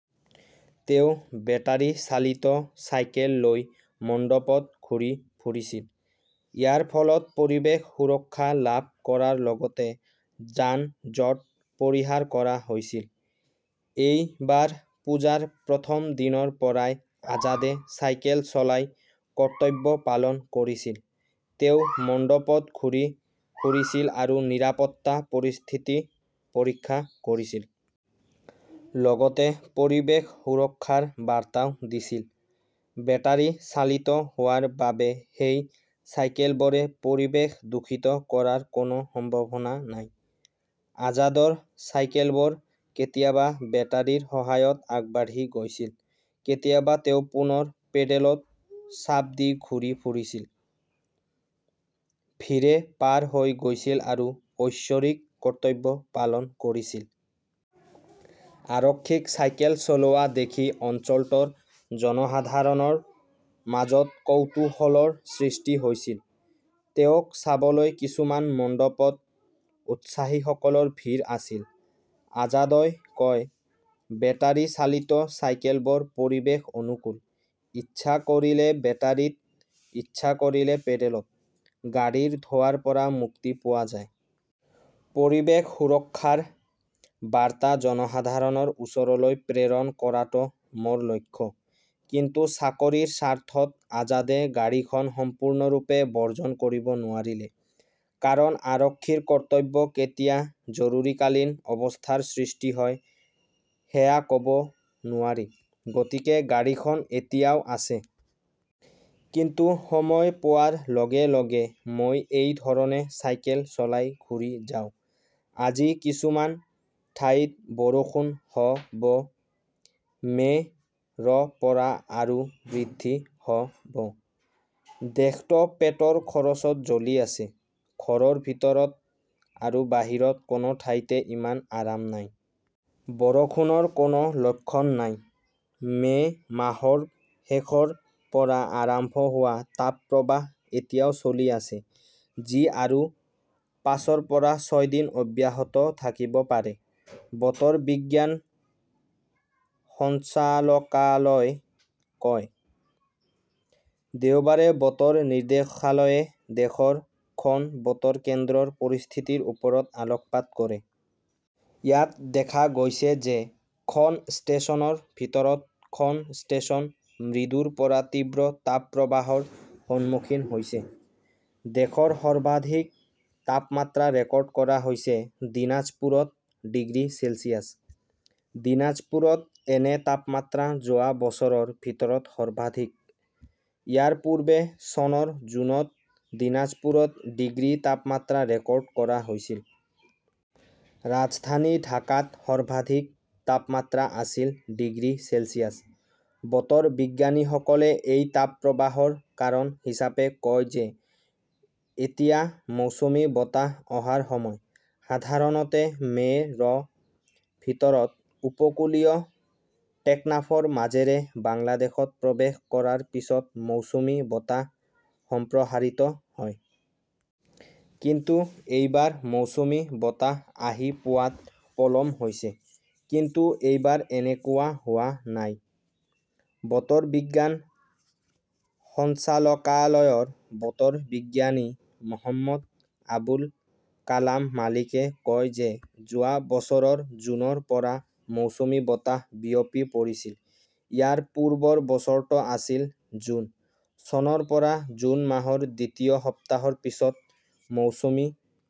তেওঁ বেটাৰী চালিত চাইকেল লৈ মণ্ডপত ঘূৰি ফুৰিছিল। ইয়াৰ ফলত পৰিৱেশ সুৰক্ষা লাভ কৰাৰ লগতে যান-জঁট পৰিহাৰ কৰা হৈছিল। এই বাৰ পূজাৰ প্ৰথম দিনৰ পৰাই আজাদে চাইকেল চলাই 'কৰ্তব্য "পালন কৰিছিল। তেওঁ মণ্ডপত ঘূৰি ফুৰিছিল আৰু নিৰাপত্তা পৰিস্থিতি পৰীক্ষা কৰিছিল। লগতে পৰিৱেশ সুৰক্ষাৰ বাৰ্তাও দিছিল। বেটাৰী চালিত হোৱাৰ বাবে সেই চাইকেলবোৰে পৰিৱেশ দূষিত কৰাৰ কোনো সম্ভাৱনা নাই। আজাদৰ চাইকেলবোৰ কেতিয়াবা বেটাৰীৰ সহায়ত আগবাঢ়ি গৈছিল, কেতিয়াবা তেওঁ পুনৰ পেডেলত চাপ দি ঘূৰি ফুৰিছিল। ভীৰে পাৰ হৈ গৈছিল আৰু ঐশ্বৰিক কৰ্তব্য পালন কৰিছিল। আৰক্ষীক চাইকেল চলোৱা দেখি অঞ্চলটোৰ জনসাধাৰণৰ মাজত কৌতূহলৰ সৃষ্টি হৈছিল। তেওঁক চাবলৈ কিছুমান মণ্ডপত উৎসাহীসকলৰ ভিৰ আছিল। আজাদই কয়, "বেটাৰী চালিত চাইকেলবোৰ পৰিৱেশ অনুকূল। ইচ্ছা কৰিলে বেটাৰীত, ইচ্ছা কৰিলে পেডেলত। গাড়ীৰ ধোঁৱাৰ পৰা মুক্তি পোৱা যায়। পৰিৱেশ সুৰক্ষাৰ বাৰ্তা জনসাধাৰণৰ ওচৰলৈ প্ৰেৰণ কৰাটো মোৰ লক্ষ্য। "কিন্তু চাকৰিৰ স্বাৰ্থত আজাদে গাড়ীখন সম্পূৰ্ণৰূপে বৰ্জন কৰিব নোৱাৰিলে। "কাৰণ আৰক্ষীৰ কৰ্তব্য, কেতিয়া জৰুৰীকালীন অৱস্থাৰ সৃষ্টি হয় সেয়া ক" ব নোৱাৰি। গতিকে গাড়ীখন এতিয়াও আছে। কিন্তু সময় পোৱাৰ লগে লগে মই এই ধৰণে চাইকেল চলাই ঘূৰি যাওঁ। "। আজি কিছুমান ঠাইত বৰষুণ হ "ব, মে" ৰ পৰা আৰু বৃদ্ধি হ "ব দেশটো পেটৰ খৰচত জ্বলি আছে। ঘৰৰ ভিতৰত আৰু বাহিৰত কোনো ঠাইতে ইমান আৰাম নাই। বৰষুণৰ কোনো লক্ষণ নাই। মে 'মাহৰ শেষৰ পৰা আৰম্ভ হোৱা তাপপ্ৰবাহ এতিয়াও চলি আছে, যি আৰু পাঁচৰ পৰা ছয় দিন অব্যাহত থাকিব পাৰে, বতৰ বিজ্ঞান সঞ্চালকালয়ই কয়। দেওবাৰে বতৰ নিৰ্দেশালয়ে দেশৰ খন বতৰ কেন্দ্ৰৰ পৰিস্থিতিৰ ওপৰত আলোকপাত কৰে। ইয়াত দেখা গৈছে যে খন ষ্টেচনৰ ভিতৰত খন ষ্টেচন মৃদুৰ পৰা তীব্ৰ তাপপ্ৰবাহৰ সন্মুখীন হৈছে। দেশৰ সৰ্বাধিক তাপমাত্ৰা ৰেকৰ্ড কৰা হৈছে দিনাজপুৰত ডিগ্ৰী চেলছিয়াছ। দীনাজপুৰত এনে তাপমাত্ৰা যোৱা বছৰৰ ভিতৰত সৰ্বাধিক। ইয়াৰ পূৰ্বে চনৰ জুনত দিনাজপুৰত ডিগ্ৰী তাপমাত্ৰা ৰেকৰ্ড কৰা হৈছিল। ৰাজধানী ঢাকাত সৰ্বাধিক তাপমাত্ৰা আছিল ডিগ্ৰী চেলছিয়াছ। বতৰ বিজ্ঞানীসকলে এই তাপপ্ৰবাহৰ কাৰণ হিচাপে কয় যে এতিয়া মৌচুমী বতাহ অহাৰ সময়। সাধাৰণতে মে 'ৰ ভিতৰত উপকূলীয় টেকনাফৰ মাজেৰে বাংলাদেশত প্ৰৱেশ কৰাৰ পিছত মৌচুমী বতাহ সম্প্ৰসাৰিত হয়। কিন্তু এইবাৰ মৌচুমী বতাহ আহি পোৱাত পলম হৈছে। কিন্তু এইবাৰ এনেকুৱা হোৱা নাই। বতৰ বিজ্ঞান সঞ্চালকালয়ৰ বতৰ বিজ্ঞানী মহম্মদ আবুল কালাম মালিকে কয় যে যোৱা বছৰৰ জুনৰ পৰা মৌচুমী বতাহ বিয়পি পৰিছিল। ইয়াৰ পূৰ্বৰ বছৰটো আছিল জুন। চনৰ পৰা জুন মাহৰ দ্বিতীয় সপ্তাহৰ পিছত মৌচুমী